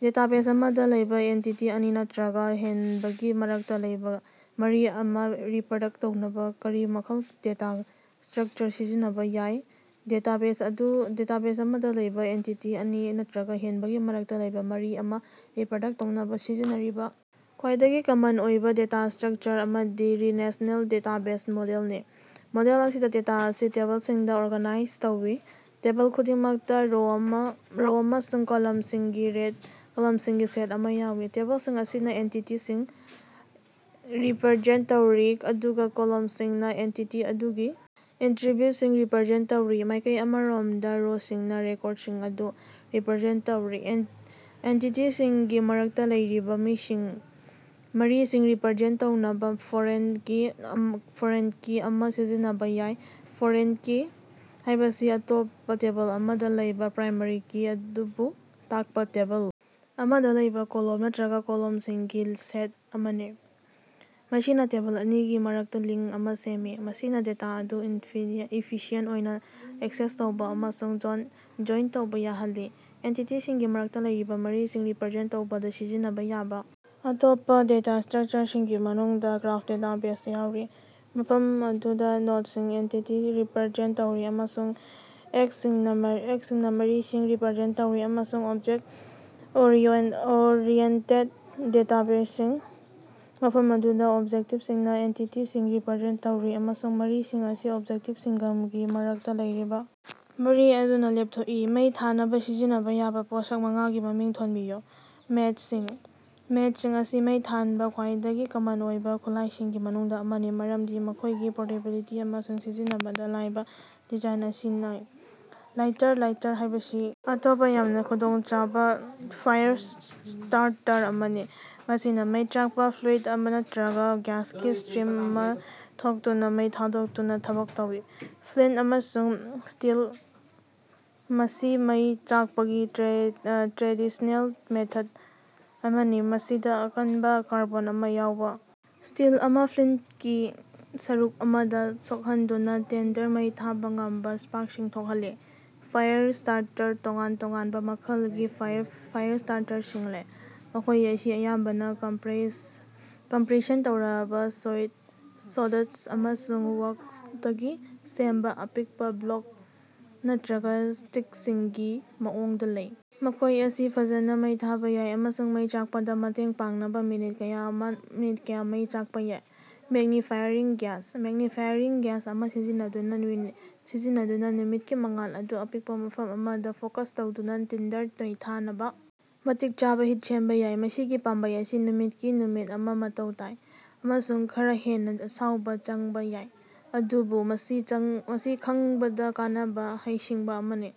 Database ꯑꯃꯗꯥ ꯂꯩꯕꯥ entity ꯑꯅꯤ ꯅꯠꯇꯔꯒ ꯍꯦꯟꯕꯒꯤ ꯃꯔꯛꯇ ꯂꯩꯕꯥ ꯃꯔꯤ ꯑꯃꯥ ꯔꯤꯄꯔꯗꯛ ꯇꯧꯅꯕꯥ ꯀꯔꯤ ꯃꯈꯜꯒꯤ ꯗꯦꯇꯥ ꯁ꯭ꯇꯔꯛꯆꯔ ꯁꯤꯖꯤꯟꯅꯕꯥ ꯌꯥꯕꯒꯦ? ꯗꯦꯇꯥꯕꯦꯖ ꯑꯃꯗ ꯂꯩꯕꯥ ꯑꯦꯟꯇꯤꯇꯤ ꯑꯅꯤ ꯅꯠꯇꯔꯒ ꯍꯦꯟꯕꯒꯤ ꯃꯔꯛꯇ ꯂꯩꯕꯥ ꯃꯔꯤ ꯑꯃꯥ ꯔꯤꯄꯔꯗꯛ ꯇꯧꯅꯕꯥ ꯁꯤꯖꯤꯟꯅꯔꯤꯕꯥ ꯈ꯭ꯋꯥꯏꯗꯒꯤ ꯀꯃꯟ ꯑꯣꯏꯕ ꯗꯦꯇꯥ ꯁ꯭ꯇꯔꯛꯆꯔ ꯑꯃꯗꯤ ꯔꯤꯂꯦꯁꯅꯦꯜ ꯗꯦꯇꯥꯕꯦꯖ ꯃꯣꯗꯦꯜꯅꯤ꯫ ꯃꯣꯗꯦꯜ ꯑꯁꯤꯗꯥ ꯗꯦꯇꯥ ꯑꯁꯤ ꯇꯦꯕꯜꯁꯤꯡꯗꯥ ꯑꯣꯔꯒꯅꯥꯏꯖ ꯇꯧꯏ, ꯇꯦꯕꯜ ꯈꯨꯗꯤꯡꯃꯛꯇꯥ ꯔꯣ ꯑꯃꯁꯨꯡ ꯀꯣꯂꯝꯁꯤꯡꯒꯤ ꯁꯦꯠ ꯑꯃꯥ ꯌꯥꯎꯏ꯫ ꯇꯦꯕꯜꯁꯤꯡ ꯑꯁꯤꯅ ꯑꯦꯟꯇꯤꯇꯤꯁꯤꯡ ꯔꯤꯄꯔꯖꯦꯟ ꯇꯧꯔꯤ, ꯑꯗꯨꯒꯥ ꯀꯣꯂꯝꯁꯤꯡꯅ ꯑꯦꯟꯇꯤꯇꯤ ꯑꯗꯨꯒꯤ ꯑꯦꯇꯔꯤꯕ꯭ꯌꯨꯠꯁꯤꯡ ꯔꯤꯄꯔꯖꯦꯟ ꯇꯧꯔꯤ꯫ ꯃꯥꯏꯀꯩ ꯑꯃꯔꯣꯝꯗ ꯔꯣꯁꯤꯡꯅꯥ ꯔꯦꯀꯣꯔꯗꯁꯤꯡ ꯑꯗꯨ ꯔꯤꯄꯔꯖꯦꯟꯠ ꯇꯧꯔꯤ꯫ ꯑꯦꯟꯇꯤꯇꯤꯁꯤꯡꯒꯤ ꯃꯔꯛꯇꯥ ꯂꯩꯔꯤꯕꯥ ꯃꯔꯤꯁꯤꯡ ꯔꯤꯄꯔꯖꯦꯟꯇ ꯇꯧꯅꯕꯥ ꯐꯣꯔꯦꯟ ꯀꯤ ꯑꯃꯥ ꯁꯤꯖꯤꯟꯅꯕ ꯌꯥꯏ꯫ ꯐꯣꯔꯦꯟ ꯀꯤ ꯍꯥꯏꯕꯁꯤ ꯑꯇꯣꯞꯄꯥ ꯇꯦꯕꯜ ꯑꯃꯗ ꯂꯩꯕꯥ ꯄ꯭ꯔꯥꯏꯃꯥꯔꯤ ꯀꯤ ꯑꯗꯨꯕꯨ ꯇꯥꯛꯄꯥ ꯇꯦꯕꯜ ꯑꯃꯗꯥ ꯂꯩꯕꯥ ꯀꯣꯂꯝ ꯅꯠꯇꯔꯒꯥ ꯀꯣꯂꯝꯁꯤꯡꯒꯤ ꯁꯦꯠ ꯑꯃꯅꯤ꯫ ꯃꯁꯤꯅꯥ ꯇꯦꯕꯜ ꯑꯅꯤꯒꯤ ꯃꯔꯛꯇꯥ ꯂꯤꯡ ꯑꯃꯥ ꯁꯦꯝꯃꯤ, ꯃꯁꯤꯅ ꯗꯦꯇꯥ ꯑꯗꯨ ꯏꯐꯤꯁꯤꯑꯦꯟꯠ ꯑꯣꯏꯅꯥ ꯑꯦꯛꯁꯦꯁ ꯇꯧꯕꯥ ꯑꯃꯁꯨꯡ ꯖꯣꯏꯟꯠ ꯇꯧꯕꯥ ꯌꯥꯍꯜꯂꯤ꯫ ꯑꯦꯟꯇꯤꯇꯤꯁꯤꯡꯒꯤ ꯃꯔꯛꯇ ꯂꯩꯔꯤꯕ ꯃꯔꯤꯁꯤꯡ ꯔꯤꯄꯔꯖꯦꯟꯠ ꯇꯧꯕꯗ ꯁꯤꯖꯤꯟꯅꯕꯥ ꯌꯥꯕꯥ ꯑꯇꯣꯞꯄ ꯗꯦꯇꯥ ꯁ꯭ꯇꯔꯛꯆꯔꯁꯤꯡꯒꯤ ꯃꯅꯨꯡꯗꯥ ꯒ꯭ꯔꯥꯐ ꯗꯦꯇꯥꯕꯦꯖꯁꯤꯡ ꯌꯥꯎꯔꯤ, ꯃꯐꯝ ꯑꯗꯨꯗꯥ ꯅꯣꯗꯁꯤꯡꯅꯥ ꯑꯦꯟꯇꯤꯇꯤꯁꯤꯡ ꯔꯤꯄꯔꯖꯦꯟꯇ ꯇꯧꯔꯤ ꯑꯃꯁꯨꯡ ꯑꯦꯖꯁꯤꯡꯅ ꯃꯔꯤꯁꯤꯡ ꯔꯤꯄꯔꯖꯦꯟꯇ ꯇꯧꯔꯤ, ꯑꯃꯁꯨꯡ ꯑꯣꯕꯖꯦꯛꯇ-ꯑꯣꯔꯤꯑꯦꯟꯇꯦꯗ ꯗꯦꯇꯥꯕꯦꯖꯁꯤꯡ, ꯃꯐꯝ ꯑꯗꯨꯗꯥ ꯑꯣꯕꯖꯦꯛꯇꯁꯤꯡꯅ ꯑꯦꯟꯇꯤꯇꯤꯁꯤꯡ ꯔꯤꯄꯔꯖꯦꯟꯠ ꯇꯧꯔꯤ ꯑꯃꯁꯨꯡ ꯃꯔꯤꯁꯤꯡ ꯑꯁꯤ ꯑꯣꯕꯖꯦꯛꯠꯁꯤꯡꯒꯤ ꯃꯔꯛꯇ ꯂꯩꯔꯤꯕꯥ ꯃꯔꯤ ꯑꯗꯨꯅ ꯂꯦꯞꯊꯣꯛꯏ꯫ ꯃꯩ ꯊꯥꯅꯕꯥ ꯁꯤꯖꯤꯟꯅꯕꯥ ꯌꯥꯕꯥ ꯄꯣꯠꯁꯛ ꯃꯉꯥꯒꯤ ꯃꯃꯤꯡ ꯊꯣꯟꯕꯤꯌꯨ꯫ ꯃꯦꯆꯁꯤꯡ: ꯃꯦꯆꯁꯤꯡ ꯑꯁꯤ ꯃꯩ ꯊꯥꯟꯕꯥ ꯈ꯭ꯋꯥꯏꯗꯒꯤ ꯀꯃꯟ ꯑꯣꯏꯕꯥ ꯈꯨꯠꯂꯥꯏꯁꯤꯡꯒꯤ ꯃꯅꯨꯡꯗꯥ ꯑꯃꯅꯤ ꯃꯔꯝꯗꯤ ꯃꯈꯣꯏꯒꯤ ꯄꯣꯔꯇꯦꯕꯤꯂꯤꯇꯤ ꯑꯃꯁꯨꯡ ꯁꯤꯖꯤꯟꯅꯕꯗ ꯂꯥꯏꯕ ꯗꯤꯖꯥꯏꯟ ꯑꯁꯤꯅꯤ꯫ ꯂꯥꯏꯇꯔ: ꯂꯥꯏꯇꯔ ꯍꯥꯏꯕꯁꯤ ꯑꯇꯣꯞꯄ ꯌꯥꯝꯅꯥ ꯈꯨꯗꯣꯡꯆꯥꯕꯥ ꯐꯥꯏꯔ ꯁ꯭ꯇꯥꯔꯇꯔ ꯑꯃꯅꯤ, ꯃꯁꯤꯅꯥ ꯃꯩ ꯆꯥꯛꯄꯥ ꯐ꯭ꯂꯨꯏꯗ ꯅꯠꯇꯔꯒ ꯒ꯭ꯌꯥꯁꯀꯤ ꯁ꯭ꯇꯔꯤꯝ ꯑꯃꯥ ꯊꯥꯗꯣꯛꯇꯨꯅꯥ ꯃꯩ ꯊꯥꯗꯨꯅꯥ ꯊꯕꯛ ꯇꯧꯏ꯫ ꯐ꯭ꯂꯤꯟꯇ ꯑꯃꯁꯨꯡ ꯁ꯭ꯇꯤꯜ: ꯃꯁꯤ ꯃꯩ ꯆꯥꯛꯄꯒꯤ ꯇ꯭ꯔꯦꯗꯤꯁꯅꯦꯜ ꯃꯦꯊꯗ ꯑꯃꯅꯤ, ꯃꯁꯤꯗꯥ ꯑꯀꯟꯕꯥ, ꯀꯥꯔꯕꯣꯟ ꯑꯃꯥ ꯌꯥꯎꯕ ꯁ꯭ꯇꯤꯜ ꯑꯃꯥ ꯐ꯭ꯂꯤꯟꯇꯀꯤ ꯁꯔꯨꯛ ꯑꯃꯗꯥ ꯁꯣꯛꯍꯟꯗꯨꯅ ꯇꯤꯟꯗꯔ ꯃꯩ ꯊꯥꯕ ꯉꯝꯕꯥ ꯁ꯭ꯄꯥꯔꯛꯁꯤꯡ ꯊꯣꯛꯍꯜꯂꯤ꯫ ꯐꯥꯏꯌꯔ ꯁ꯭ꯇꯥꯔꯇꯔ: ꯇꯣꯉꯥꯟ-ꯇꯣꯉꯥꯟꯕꯥ ꯃꯈꯜꯒꯤ ꯐꯥꯏꯔꯁ꯭ꯇꯥꯔꯁꯤꯡ ꯂꯩ, ꯃꯈꯣꯏ ꯑꯁꯤ ꯑꯌꯥꯝꯕꯅꯥ ꯀꯝꯄꯔꯦꯁꯟ ꯇꯧꯔꯕꯥ ꯁꯣꯗꯁ꯭ꯠ ꯑꯃꯁꯨꯡ ꯋꯥꯛꯁꯇꯒꯤ ꯁꯦꯝꯕꯥ ꯑꯄꯤꯛꯄꯥ ꯕ꯭ꯂꯣꯛ ꯅꯠꯇꯔꯒ ꯁ꯭ꯇꯤꯛꯁꯤꯡꯒꯤ ꯃꯑꯣꯡꯗ ꯂꯩ, ꯃꯈꯣꯏ ꯑꯁꯤ ꯐꯖꯅ ꯃꯩ ꯊꯥꯕꯥ ꯌꯥꯏ ꯑꯃꯁꯨꯡ ꯃꯩ ꯆꯥꯛꯄꯗꯥ ꯃꯇꯦꯡ ꯄꯥꯡꯅꯕ ꯃꯤꯅꯤꯠ ꯀꯌꯥ ꯃꯩ ꯆꯥꯛꯄꯥ ꯌꯥꯏ꯫ ꯃꯦꯒ꯭ꯅꯤꯐꯥꯏꯌꯤꯡ ꯒ꯭ꯂꯥꯁ: ꯃꯦꯒ꯭ꯅꯤꯐꯤꯌꯤꯡ ꯒ꯭ꯂꯥꯁ ꯑꯃꯥ ꯁꯤꯖꯤꯟꯅꯗꯨꯅ ꯅꯨꯃꯤꯠꯀꯤ ꯃꯉꯥꯜ ꯑꯗꯨ ꯑꯄꯤꯛꯄ ꯃꯐꯝ ꯑꯃꯗ ꯐꯣꯀꯁ ꯇꯧꯗꯨꯅ ꯇꯤꯟꯗꯔ ꯃꯩ ꯊꯥꯅꯕꯥ ꯃꯇꯤꯛ ꯆꯥꯕꯥ ꯍꯤꯠ ꯁꯦꯝꯕꯥ ꯌꯥꯏ꯫ ꯃꯁꯤꯒꯤ ꯄꯥꯝꯕꯩ ꯑꯁꯤ ꯅꯨꯃꯤꯠꯀꯤ ꯅꯨꯃꯤꯠ ꯑꯃꯥ ꯃꯊꯧ ꯇꯥꯏ ꯑꯃꯁꯨꯡ ꯈꯔꯥ ꯍꯦꯟꯅꯥ ꯑꯁꯥꯎꯕꯥ ꯆꯪꯕꯥ ꯌꯥꯏ, ꯑꯗꯨꯕꯨ ꯃꯁꯤ ꯈꯪꯕꯗꯥ ꯀꯥꯟꯅꯕꯥ ꯍꯩꯁꯤꯡꯕꯥ ꯑꯃꯅꯤ꯫